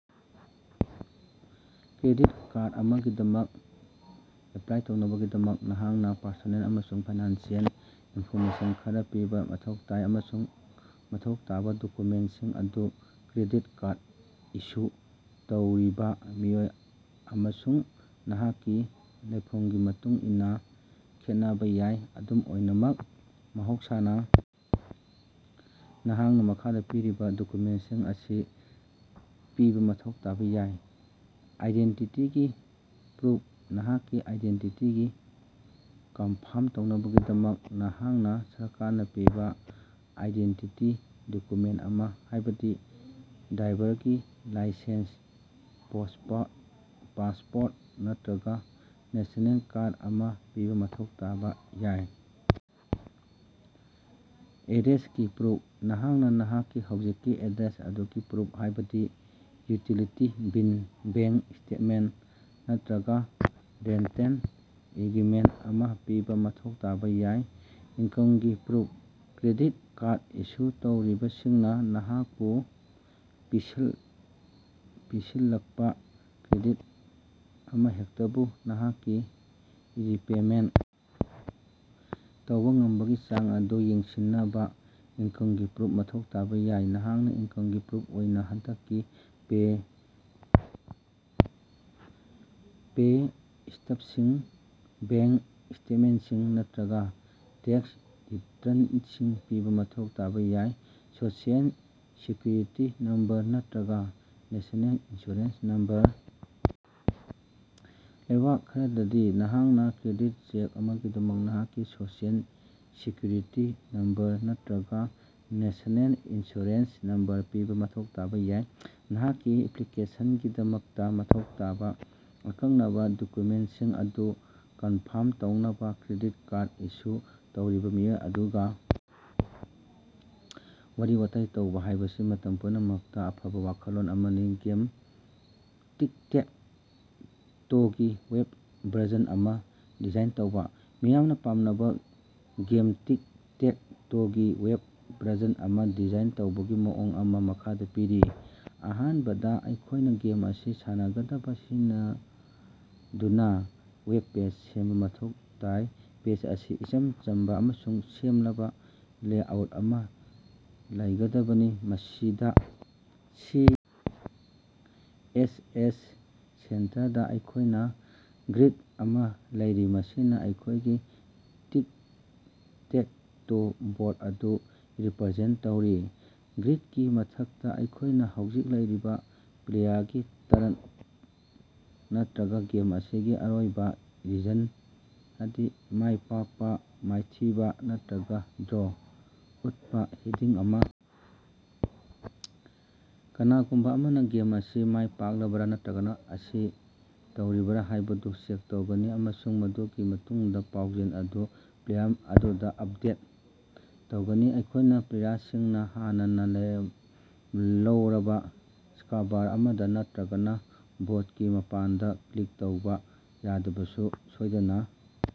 Credit card ꯑꯃꯒꯤꯗꯃꯛ apply ꯇꯧꯅꯕꯒꯤꯗꯃꯛ, ꯅꯍꯥꯛꯅꯥ ꯄꯔꯁꯣꯅꯦꯜ ꯑꯃꯁꯨꯡ ꯐꯥꯏꯅꯥꯟꯁꯤꯑꯦꯜ ꯏꯅꯐꯣꯔꯃꯦꯁꯟ ꯈꯔꯥ ꯄꯤꯕꯥ ꯃꯊꯧ ꯇꯥꯏ, ꯑꯃꯁꯨꯡ ꯃꯊꯧ ꯇꯥꯕꯥ ꯗꯣꯛꯌꯨꯃꯦꯟꯇꯁꯤꯡ ꯑꯗꯨ ꯀ꯭ꯔꯦꯗꯤꯠ ꯀꯥꯔꯗ ꯏꯁꯨ ꯇꯧꯔꯤꯕꯥ ꯃꯤꯑꯣꯏ ꯑꯃꯁꯨꯡ ꯅꯍꯥꯛꯀꯤ ꯂꯩꯐꯃꯒꯤ ꯃꯇꯨꯡꯏꯟꯅꯥ ꯈꯦꯠꯅꯕꯥ ꯌꯥꯏ꯫ ꯑꯗꯨꯝ ꯑꯣꯏꯅꯃꯛ, ꯃꯍꯧꯁꯥꯅꯥ, ꯅꯍꯥꯛꯅꯥ ꯃꯈꯥꯗꯥ ꯄꯤꯔꯤꯕꯥ ꯗꯣꯛꯌꯨꯃꯦꯟꯇꯁꯤꯡ ꯑꯁꯤ ꯄꯤꯕꯥ ꯃꯊꯧ ꯇꯥꯕꯥ ꯌꯥꯏ: ꯑꯥꯏꯗꯦꯟꯇꯤꯇꯤꯒꯤ ꯄ꯭ꯔꯨꯐ ꯅꯍꯥꯛꯀꯤ ꯑꯥꯏꯗꯦꯟꯇꯤꯇꯤ ꯀꯟꯐꯥꯔꯝ ꯇꯧꯅꯕꯒꯤꯗꯃꯛ ꯅꯍꯥꯛꯅꯥ ꯁꯔꯀꯥꯔꯅꯥ ꯄꯤꯕꯥ ꯑꯥꯏꯗꯦꯟꯇꯤꯇꯤ ꯗꯣꯛꯌꯨꯃꯦꯟꯇ ꯑꯃ, ꯍꯥꯏꯕꯗꯤ ꯗ꯭ꯔꯥꯏꯚꯔꯒꯤ ꯂꯥꯏꯁꯦꯟꯁ, ꯄꯥꯁꯄꯣꯔꯠ ꯅꯠꯇꯔꯒꯥ ꯅꯦꯁꯅꯦꯜ ꯀꯥꯔꯗ ꯑꯃꯥ ꯄꯤꯕꯥ ꯃꯊꯧ ꯇꯥꯕꯥ ꯌꯥꯏ꯫ ꯑꯦꯗ꯭ꯔꯦꯁꯀꯤ ꯄ꯭ꯔꯨꯐ ꯅꯍꯥꯛꯅꯥ ꯅꯍꯥꯛꯀꯤ ꯍꯧꯖꯤꯛꯀꯤ ꯑꯦꯗ꯭ꯔꯦꯁ ꯑꯗꯨꯒꯤ ꯄ꯭ꯔꯨꯐ, ꯍꯥꯏꯕꯗꯤ ꯌꯨꯇꯤꯂꯤꯇꯤ ꯕꯤꯜ, ꯕꯦꯡꯀ ꯁ꯭ꯇꯦꯇꯃꯦꯟꯇ, ꯅꯠꯇꯔꯒꯥ ꯔꯦꯟꯇꯦꯜ ꯑꯦꯒ꯭ꯔꯤꯃꯦꯟꯇ ꯑꯃꯥ ꯄꯤꯕꯥ ꯃꯊꯧ ꯇꯥꯕꯥ ꯌꯥꯏ꯫ ꯏꯟꯀꯝꯒꯤ ꯄ꯭ꯔꯨꯐ: ꯀ꯭ꯔꯦꯗꯤꯠ ꯀꯥꯔꯗ ꯏꯁꯨ ꯇꯧꯔꯤꯕꯁꯤꯡꯅꯥ ꯅꯍꯥꯛꯄꯨ ꯄꯤꯁꯤꯜꯂꯛꯄꯥ ꯀ꯭ꯔꯦꯗꯤꯠ ꯑꯃꯍꯦꯛꯇꯕꯨ ꯅꯍꯥꯛꯀꯤ ꯔꯤꯄꯦꯃꯦꯟꯇ ꯇꯧꯕꯥ ꯉꯝꯕꯒꯤ ꯆꯥꯡ ꯑꯗꯨ ꯌꯦꯡꯁꯤꯟꯅꯕꯥ ꯏꯟꯀꯝꯒꯤ ꯄ꯭ꯔꯨꯐ ꯃꯊꯧ ꯇꯥꯕꯥ ꯌꯥꯏ꯫ ꯅꯍꯥꯛꯅꯥ ꯏꯟꯀꯝꯒꯤ ꯄ꯭ꯔꯨꯐ ꯑꯣꯏꯅꯥ ꯍꯟꯗꯛꯀꯤ ꯄꯦ ꯁ꯭ꯇꯕꯁꯤꯡ, ꯕꯦꯡꯀ ꯁ꯭ꯇꯦꯇꯃꯦꯟꯇꯁꯤꯡ ꯅꯠꯇꯔꯒꯥ ꯇꯦꯛꯁ ꯔꯤꯇꯔꯟꯁꯤꯡ ꯄꯤꯕ ꯃꯊꯧ ꯇꯥꯕꯥ ꯌꯥꯏ꯫ ꯁꯣꯁꯤꯑꯦꯜ ꯁꯦꯛꯌꯨꯔꯤꯇꯤ ꯅꯝꯕꯔ ꯅꯠꯇꯔꯒꯥ ꯅꯦꯁꯅꯦꯜ ꯏꯟꯁꯨꯔꯦꯟꯁ ꯅꯝꯕꯔ ꯂꯩꯕꯥꯛ ꯈꯔꯗꯗꯤ, ꯅꯍꯥꯛꯅꯥ ꯀ꯭ꯔꯦꯗꯤꯠ ꯆꯦꯛ ꯑꯃꯒꯤꯗꯃꯛ ꯅꯍꯥꯛꯀꯤ ꯁꯣꯁꯤꯑꯦꯜ ꯁꯦꯛꯌꯨꯔꯤꯇꯤ ꯅꯝꯕꯔ ꯅꯠꯇꯔꯒꯥ ꯅꯦꯁꯅꯦꯜ ꯏꯟꯁꯨꯔꯦꯟꯁ ꯅꯝꯕꯔ ꯄꯤꯕꯥ ꯃꯊꯧ ꯇꯥꯕꯥ ꯌꯥꯏ꯫ ꯅꯍꯥꯛꯀꯤ ꯑꯦꯄꯂꯤꯀꯦꯁꯟꯒꯤꯗꯃꯛꯇꯥ ꯃꯊꯧ ꯇꯥꯕꯥ ꯑꯀꯛꯅꯕꯥ ꯗꯣꯛꯌꯨꯃꯦꯟꯇꯁꯤꯡ ꯑꯗꯨ ꯀꯟꯐꯥꯔꯝ ꯇꯧꯅꯕꯥ ꯀ꯭ꯔꯦꯗꯤꯠ ꯀꯥꯔꯗ ꯏꯁꯨ ꯇꯧꯔꯤꯕꯥ ꯃꯤꯑꯣꯏ ꯑꯗꯨꯒꯥ ꯋꯥꯔꯤ-ꯋꯥꯇꯥꯏ ꯇꯧꯕꯥ ꯍꯥꯏꯕꯁꯤ ꯃꯇꯝ ꯄꯨꯝꯅꯃꯛꯇꯥ ꯑꯐꯕꯥ ꯋꯥꯈꯜꯂꯣꯟ ꯑꯃꯅꯤ꯫ ꯒꯦꯝ ꯇꯤꯛ-ꯇꯦꯛ-ꯇꯣꯒꯤ ꯋꯦꯕ ꯚꯔꯖꯟ ꯑꯃꯥ ꯗꯤꯖꯥꯏꯟ ꯇꯧꯕꯥ꯫ ꯃꯤꯌꯥꯝꯅ ꯄꯥꯝꯅꯕ ꯒꯦꯝ ꯇꯤꯛ-ꯇꯦꯛ-ꯇꯣꯒꯤ ꯋꯦꯕ ꯚꯔꯖꯟ ꯑꯃꯥ ꯗꯤꯖꯥꯏꯟ ꯇꯧꯕꯒꯤ ꯃꯑꯣꯡ ꯑꯃꯥ ꯃꯈꯥꯗꯥ ꯄꯤꯔꯤ: ꯑꯍꯥꯟꯕꯗ, ꯑꯩꯈꯣꯏꯅ ꯒꯦꯝ ꯑꯁꯤ ꯁꯥꯟꯅꯒꯗꯕ ꯁꯤꯖꯤꯟꯅꯗꯨꯅꯥ ꯋꯦꯕ ꯄꯦꯖ ꯁꯦꯝꯕꯥ ꯃꯊꯧ ꯇꯥꯏ꯫ ꯄꯦꯖ ꯑꯁꯤ ꯏꯆꯝ ꯆꯝꯕꯥ ꯑꯃꯁꯨꯡ ꯁꯦꯡꯂꯕꯥ ꯂꯦꯑꯥꯎꯠ ꯑꯃ ꯂꯩꯒꯗꯕꯅꯤ, ꯃꯁꯤꯗꯥ ꯁꯤ. ꯑꯦꯁ. ꯑꯦꯁ. ꯁꯦꯟꯇꯔꯗꯥ ꯑꯩꯈꯣꯏꯅ ꯒ꯭ꯔꯤꯗ ꯑꯃꯥ ꯂꯩꯔꯤ, ꯃꯁꯤꯅꯥ ꯑꯩꯈꯣꯏꯒꯤ ꯇꯤꯛ-ꯇꯦꯛ-ꯇꯣ ꯕꯣꯔꯗ ꯑꯗꯨ ꯔꯤꯄꯔꯖꯦꯟꯇ ꯇꯧꯔꯤ꯫ ꯒ꯭ꯔꯤꯗꯀꯤ ꯃꯊꯛꯇꯥ, ꯑꯩꯈꯣꯏꯅ ꯍꯧꯖꯤꯛ ꯂꯩꯔꯤꯕꯥ ꯄ꯭ꯂꯦꯌꯔꯒꯤ ꯇꯔꯟ ꯅꯠꯇꯔꯒꯥ ꯒꯦꯝ ꯑꯁꯤꯒꯤ ꯑꯔꯣꯏꯕꯥ ꯔꯤꯖꯜꯇ (ꯃꯥꯏꯄꯥꯛꯄꯥ, ꯃꯥꯏꯊꯤꯕꯥ ꯅꯠꯔꯒꯥ ꯗ꯭ꯔꯣ) ꯎꯠꯄꯥ ꯍꯦꯗꯤꯡ ꯑꯃꯥ ꯀꯅꯥꯒꯨꯝꯕꯥ ꯑꯃꯅꯥ ꯒꯦꯝ ꯑꯁꯤ ꯃꯥꯏꯄꯥꯛꯂꯕꯔꯥ ꯅꯠꯇꯔꯒꯥ ꯃꯁꯤ ꯇꯩꯔꯤꯕꯔꯥ ꯍꯥꯏꯕꯗꯨ ꯆꯦꯛ ꯇꯧꯒꯅꯤ, ꯑꯃꯁꯨꯡ ꯃꯗꯨꯒꯤ ꯃꯇꯨꯡꯗꯥ ꯄꯥꯎꯖꯦꯜ ꯑꯗꯨ ꯄ꯭ꯂꯦꯌꯔ ꯑꯗꯨꯗꯥ ꯑꯄꯗꯦꯠ ꯇꯧꯒꯅꯤ꯫ ꯑꯩꯈꯣꯏꯅ ꯄ꯭ꯂꯦꯌꯔꯁꯤꯡꯅꯥ ꯍꯥꯟꯅꯅꯥ ꯂꯩꯔꯕꯥ ꯁ꯭ꯀꯕꯥꯔ ꯑꯃꯗꯥ ꯅꯠꯇꯔꯒꯥ ꯕꯣꯔꯗꯀꯤ ꯃꯄꯥꯟꯗꯥ ꯀ꯭ꯂꯤꯛ ꯇꯧꯕꯥ ꯌꯥꯗꯕꯁꯨ ꯁꯣꯏꯗꯅꯥ